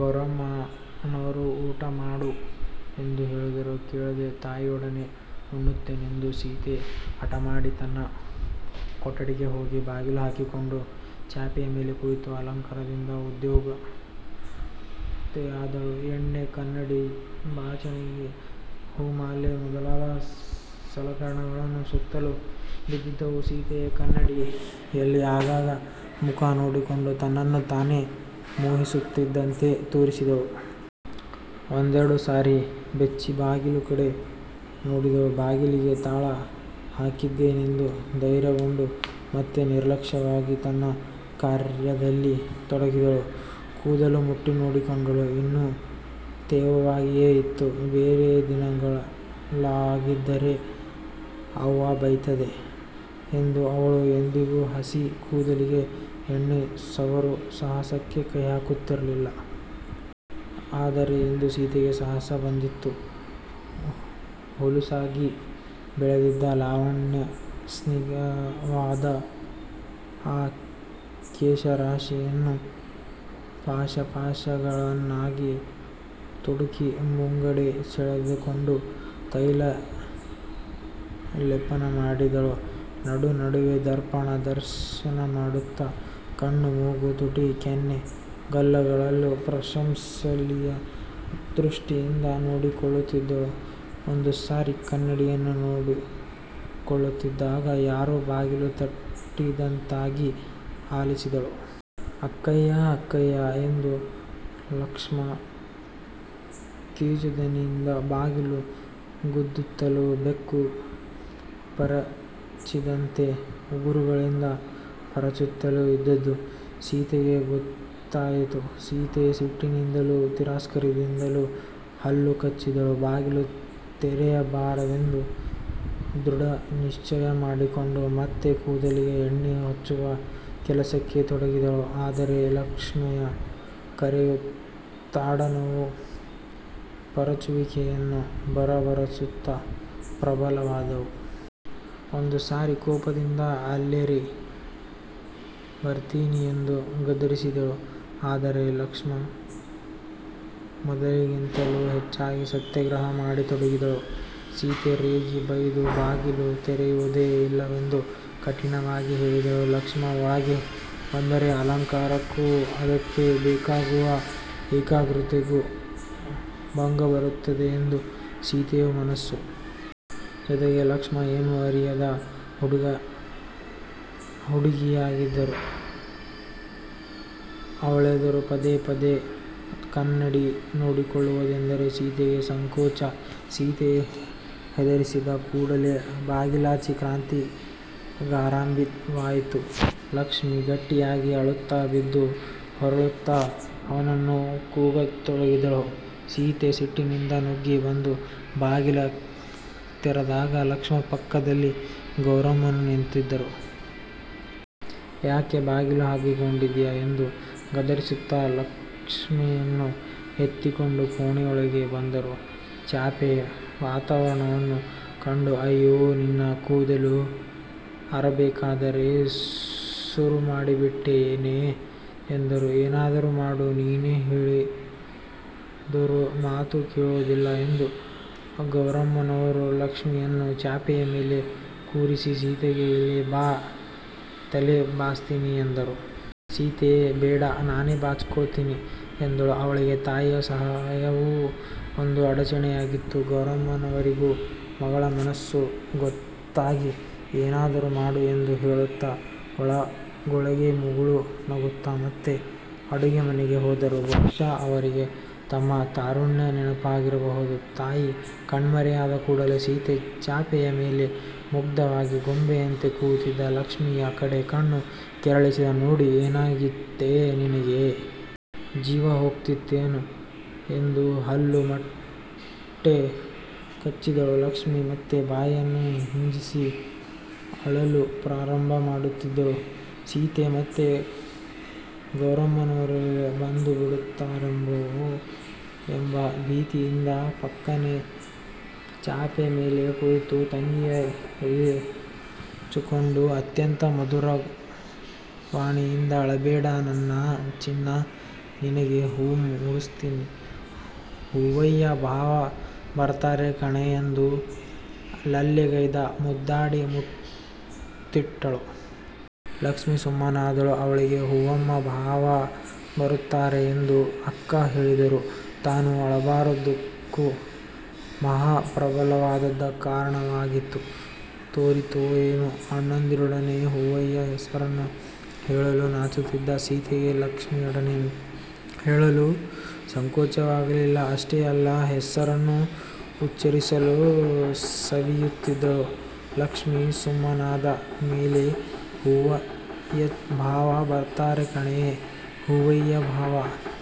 ಗೌರಮ್ಮನವರು ಊಟಮಾಡು ಎಂದು ಹೇಳಿದರೂ ಕೇಳದೆ, ತಾಯಿಯೊಡನೆಯೇ ಉಣ್ಣುತ್ತೇನೆಂದು ಸೀತೆ ಹಟಮಾಡಿ, ತನ್ನ ಕೊಟಡಿಗೆ ಹೋಗಿ ಬಾಗಿಲು ಹಾಕಿಕೊಂಡು ಚಾಪೆಯ ಮೇಲೆ ಕುಳಿತು ಅಲಂಕಾರದಲ್ಲಿ ಉದ್ಯುಕ್ತೆಯಾದಳು. ಎಣ್ಣೆ, ಕನ್ನಡಿ, ಬಾಚಣಿಗೆ, ಹೂಮಾಲೆ ಮೊದಲಾದ ಸಲಕರಣೆಗಳು ಸುತ್ತಲೂ ಬಿದ್ದಿದ್ದುವು. ಸೀತೆ ಕನ್ನಡಿಯಲ್ಲಿ ಆಗಾಗ ಮುಖ ನೋಡಿಕೊಂಡು ತನ್ನನ್ನು ತಾನೆ ಮೋಹಿಸುತ್ತಿದ್ದಂತೆ ತೋರಿದಳು. ಒಂದೆರಡು ಸಾರಿ ಬೆಚ್ಚಿ ಬಾಗಿಲ ಕಡೆ ನೋಡಿದಳು. ಬಾಗಿಲಿಗೆ ತಾಳ ಹಾಕಿದ್ದೇನೆಂದು ಧೈರ್ಯಗೊಂಡು ಮತ್ತೆ ನಿರ್ಲಕ್ಷವಾಗಿ ತನ್ನ ಕಾರ್ಯದಲ್ಲಿ ತೊಡಗಿದಳು. ಕೂದಲು ಮುಟ್ಟಿ ನೋಡಿಕೊಂಡಳು. ಇನ್ನೂ ತೇವವಾಗಿಯೆ ಇತ್ತು. ಬೇರೆಯ ದಿನಗಳಲ್ಲಾಗಿದ್ದರೆ" ಅವ್ವ ಬಯ್ತದೆ" ಎಂದು ಅವಳು ಎಂದಿಗೂ ಹಸಿ ಕೂದಲಿಗೆ ಎಣ್ಣೆ ಸವರುವ ಸಾಹಸಕ್ಕೆ ಕೈಹಾಕುತ್ತಿರಲಿಲ್ಲ. ಆದರೆ ಇಂದು ಸೀತೆಗೆ ಸಾಹಸ ಬಂದಿತ್ತು. ಹುಲುಸಾಗಿ ಬೆಳೆದಿದ್ದ ಲಾವಣ್ಯಸ್ನಿಗ್ದವಾದ ಆ ಕೇಶರಾಶಿಯನ್ನು ಪಾಶಪಾಶಗಳನ್ನಾಗಿ ತುಡುಕಿ, ಮುಂಗಡೆಗೆ ಸೆಳೆದುಕೊಂಡು, ತೈಲ ಲೇಪನ ಮಾಡಿದಳು. ನಡುನಡುವೆ ದರ್ಪಣ ದರ್ಶನಮಾಡುತ್ತ, ಕಣ್ಣು ಮೂಗು ತುಟಿ ಕೆನ್ನೆ ಗಲ್ಲಗಳನ್ನೂ ಪ್ರಶಂಸನೀಯ ದೃಷ್ಟಿಯಿಂದ ನೋಡಿಕೊಳ್ಳುತ್ತಿದ್ದಳು. ಒಂದು ಸಾರಿ ಕನ್ನಡಿಯನ್ನು ನೋಡಿಕೊಳ್ಳುತ್ತಿದ್ದಾಗ ಯಾರೂ ಬಾಗಿಲು ತಟ್ಟಿದಂತಾಗಿ ಆಲಿಸಿದಳು. "ಅಕ್ಕಯ್ಯಾ ಅಕ್ಕಯ್ಯಾ " ಎಂದು ಲಕ್ಷ್ಮಿ ಕೀಚುದನಿಯಿಂದ ಬಾಗಿಲನ್ನು ಗುದ್ದುತ್ತಲೂ ಬೆಕ್ಕು ಪರಚಿದಂತೆ ಉಗುರುಗಳಿಂದ ಪರಚುತ್ತಲೂ ಇದ್ದುದು ಸೀತೆಗೆ ಗೊತ್ತಾಯಿತು. ಸೀತೆ ಸಿಟ್ಟಿನಿಂದಲೂ ತಿರಸ್ಕಾರದಿಂದಲೂ ಹಲ್ಲು ಕಚ್ಚಿದವಳು ಬಾಗಿಲು ತೆರೆಯಬಾರದೆಂದು ದೃಢನಿಶ್ಚಯ ಮಾಡಿಕೊಂಡು ಮತ್ತೆ ಕೂದಲಿಗೆ ಎಣ್ಣೆ ಹಚ್ಚುವ ಕೆಲಸಕ್ಕೆ ತೊಡಗಿದಳು. ಆದರೆ ಲಕ್ಷ್ಮಿಯ ಕರೆಯೂ ತಾಡನವೂ ಪರಚುವಿಕೆಯೂ ಬರಬರುತ್ತ ಪ್ರಬಲವಾದುವು. ಒಂದು ಸಾರಿ ಕೋಪದಿಂದ " ಅಲ್ಲಿರೇ ಬರ್ತೀನಿ! " ಎಂದು ಗದರಿಸಿದಳು. ಆದರೆ ಲಕ್ಷ್ಮಿ ಮೊದಲಿಗಿಂತಲೂ ಹೆಚ್ಚಾಗಿ "ಸತ್ಯಾಗ್ರಹ" ಮಾಡತೊಡಗಿದಳು. ಸೀತೆ ರೇಗಿ, ಬೈದು, ಬಾಗಿಲು ತೆರೆಯುವುದೇ ಇಲ್ಲವೆಂದು ಕಠಿನವಾಗಿ ಹೇಳಿದಳು. ಲಕ್ಷ್ಮಿ ಒಳಗೆ ಬಂದರೆ ಅಲಂಕಾರಕ್ಕೂ ಅದಕ್ಕೆ ಬೇಕಾಗುವ ಏಕಾಗ್ರತೆಗೂ ಭಂಗಬರುತ್ತದೆ ಎಂದು ಸೀತೆಯ ಮನಸ್ಸು. ಜೊತೆಗೆ ಲಕ್ಷ್ಮಿ ಏನೂ ಅರಿಯದ ಹುಡುಗಿಯಾಗಿದ್ದರೂ ಅವಳೆದುರು ಪದೇಪದೇ ಕನ್ನಡಿ ನೋಡಿಕೊಳ್ಳುವುದೆಂದರೆ ಸೀತೆಗೆ ಸಂಕೋಚ. ಸೀತೆ ಹೆದರಿಸಿದ ಕೂಡಲೆ ಬಾಗಿಲಾಚೆ ಕ್ರಾಂತಿಗಾರಂಭವಾಯಿತು. ಲಕ್ಷ್ಮಿ ಗಟ್ಟಿಯಾಗಿ ಅಳುತ್ತ ಬಿದ್ದು ಹೊರಳುತ್ತ ಅವ್ವನನ್ನು ಕೂಗತೊಡಗಿದಳು. ಸೀತೆ ಸಿಟ್ಟಿನಿಂದ ನುಗ್ಗಿ ಬಂದು ಬಾಗಿಲು ತೆರೆದಾಗ ಲಕ್ಷ್ಮಿ ಪಕ್ಕದಲ್ಲಿ ಗೌರಮ್ಮನೂ ನಿಂತಿದ್ದರು. ಯಾಕೆ ಬಾಗಿಲು ಹಾಕ್ಕೊಂಡಿದ್ದೀಯಾ? ಎಂದು ಗದರಿಸುತ್ತ ಲಕ್ಷ್ಮಿಯನ್ನು ಎತ್ತಿಕೊಂಡು ಕೋಣೆಯೊಳಗೆ ಬಂದರು. ಚಾಪೆಯ ವಾತಾವರಣವನ್ನು ಕಂಡು" ಅಯ್ಯೋ ನಿನ್ನ ಕೂದಲು ಆರಬೇಕಾದರೆ ಸುರುಮಾಡಿಬಿಟ್ಟಿಯೇನೇ" ಎಂದರು. "ಏನಾದರೂ ಮಾಡು ನೀನೇನು ಹೇಳಿದೋರು ಮಾತು ಕೇಳೋದಿಲ್ಲ"ಎಂದು ಗೌರಮ್ಮನವರು ಲಕ್ಷ್ಮಿಯನ್ನು ಚಾಪೆಯ ಮೇಲೆ ಕೂರಿಸಿ ಸೀತೆಗೆ" ಇಲ್ಲಿ ಬಾ ತಲೆ ಬಾಚ್ತೀನಿ" ಎಂದರು. ಸೀತೆ ಬೇಡ, ನಾನೇ ಬಾಚಿಕೊಳ್ತೀನಿ ಎಂದಳು. ಅವಳಿಗೆ ತಾಯಿಯ ಸಹಾಯವೂ ಒಂದು ಅಡಚಣೆಯಾಗಿತ್ತು. ಗೌರಮ್ಮನವರಿಗೂ ಮಗಳ ಮನಸ್ಸು ಗೊತ್ತಾಗಿ ಏನಾದರೂ ಮಾಡು ಎಂದು ಹೇಳುತ್ತ ಒಳಗೊಳಗೆ ಮುಗುಳು ನಗುತ್ತ, ಮತ್ತೆ ಅಡುಗೆಮನೆಗೆ ಹೋದರು. ಬಹುಶಃ ಅವರಿಗೆ ತಮ್ಮ ತಾರುಣ್ಯದ ನೆನಪಾಗಿರಬಹುದು. ತಾಯಿ ಕಣ್ಮರೆಯಾದ ಕೂಡಲೆ ಸೀತೆ, ಚಾಪೆಯ ಮೇಲೆ ಮುಗ್ಧವಾಗಿ ಗೊಂಬೆಯಂತೆ ಕೂತಿದ್ದ ಲಕ್ಷ್ಮಿಯ ಕಡೆ ಕಣ್ಣು ಕೆರಳಿಸಿ ನೋಡಿ ಏನಾಗಿತ್ತೇ ನಿನಗೆ? ಜೀವಹೋಗ್ತಿತ್ತೇನೆ ಎಂದು ಹಲ್ಲು ಮಟ್ಟೆ ಕಚ್ಚಿದಳು. ಲಕ್ಷ್ಮಿ ಮತ್ತೆ ಬಾಯನ್ನು ಹಿಂಜಸಿ ಅಳಲು ಪ್ರಾರಂಭಮಾಡುತ್ತಿದ್ದಳು. ಸೀತೆ ಮತ್ತೆ ಗೌರಮ್ಮವನರಲ್ಲಿ ಬಂದುಬಿಡುತ್ತಾರೆಯೊ ಎಂಬ ಭೀತಿಯಿಂದ, ಪಕ್ಕನೆ ಚಾಪೆಯ ಮೇಲೆ ಕುಳಿತು ತಂಗಿಯನ್ನು ಎದೆಗವುಚಿಕೊಂಡು, ಅತ್ಯಂತ ಮಧುರವಾಣಿಯಿಂದ " ಅಳಬೇಡೇ ನನ್ನ ಚಿನ್ನಾ ನಿನಗೂ ಹೂ ಮುಡಿಸ್ತೀನಿ ಹೂವಯ್ಯ ಬಾವ ಬರ್ತಾರೆ ಕಣೇ " ಎಂದು ಲಲ್ಲೆಗೈದು ಮುದ್ದಾಡಿ ಮುತ್ತಿಟ್ಟಳು. ಲಕ್ಷ್ಮಿ ಸುಮ್ಮನಾದಳು. ಅವಳಿಗೆ "ಹೂವಯ್ಯ ಬಾವ ಬರುತ್ತಾರೆ" ಎಂದು ಅಕ್ಕ ಹೇಳಿದುದು ತಾನು ಅಳಬಾರದುದಕ್ಕೆ ಮಹಾಪ್ರಬಲವಾದ ಕಾರಣವಾಗಿ ತೋರಿತೋ ಏನೋ ಅಣ್ಣಂದಿರೊಡನೆ ಹೂವಯ್ಯನ ಹೆಸರನ್ನು ಹೇಳಲು ನಾಚುತ್ತಿದ್ದ ಸೀತೆಗೆ ಲಕ್ಷ್ಮಿಯೊಡನೆ ಹೇಳಲು ಸಂಕೋಚವಾಗಲಿಲ್ಲ. ಅಷ್ಟೇ ಅಲ್ಲ. ಹೆಸರನ್ನು ಉಚ್ಚರಿಸಿ ಸವಿಯುತ್ತಿದ್ದಳು. ಲಕ್ಷ್ಮಿ ಸುಮ್ಮನಾದ ಮೇಲೆಯೂ "ಹೂವಯ್ಯಬಾವ ಬರ್ತಾರೆ ಕಣೇ ಹೂವಯ್ಯ ಬಾವ,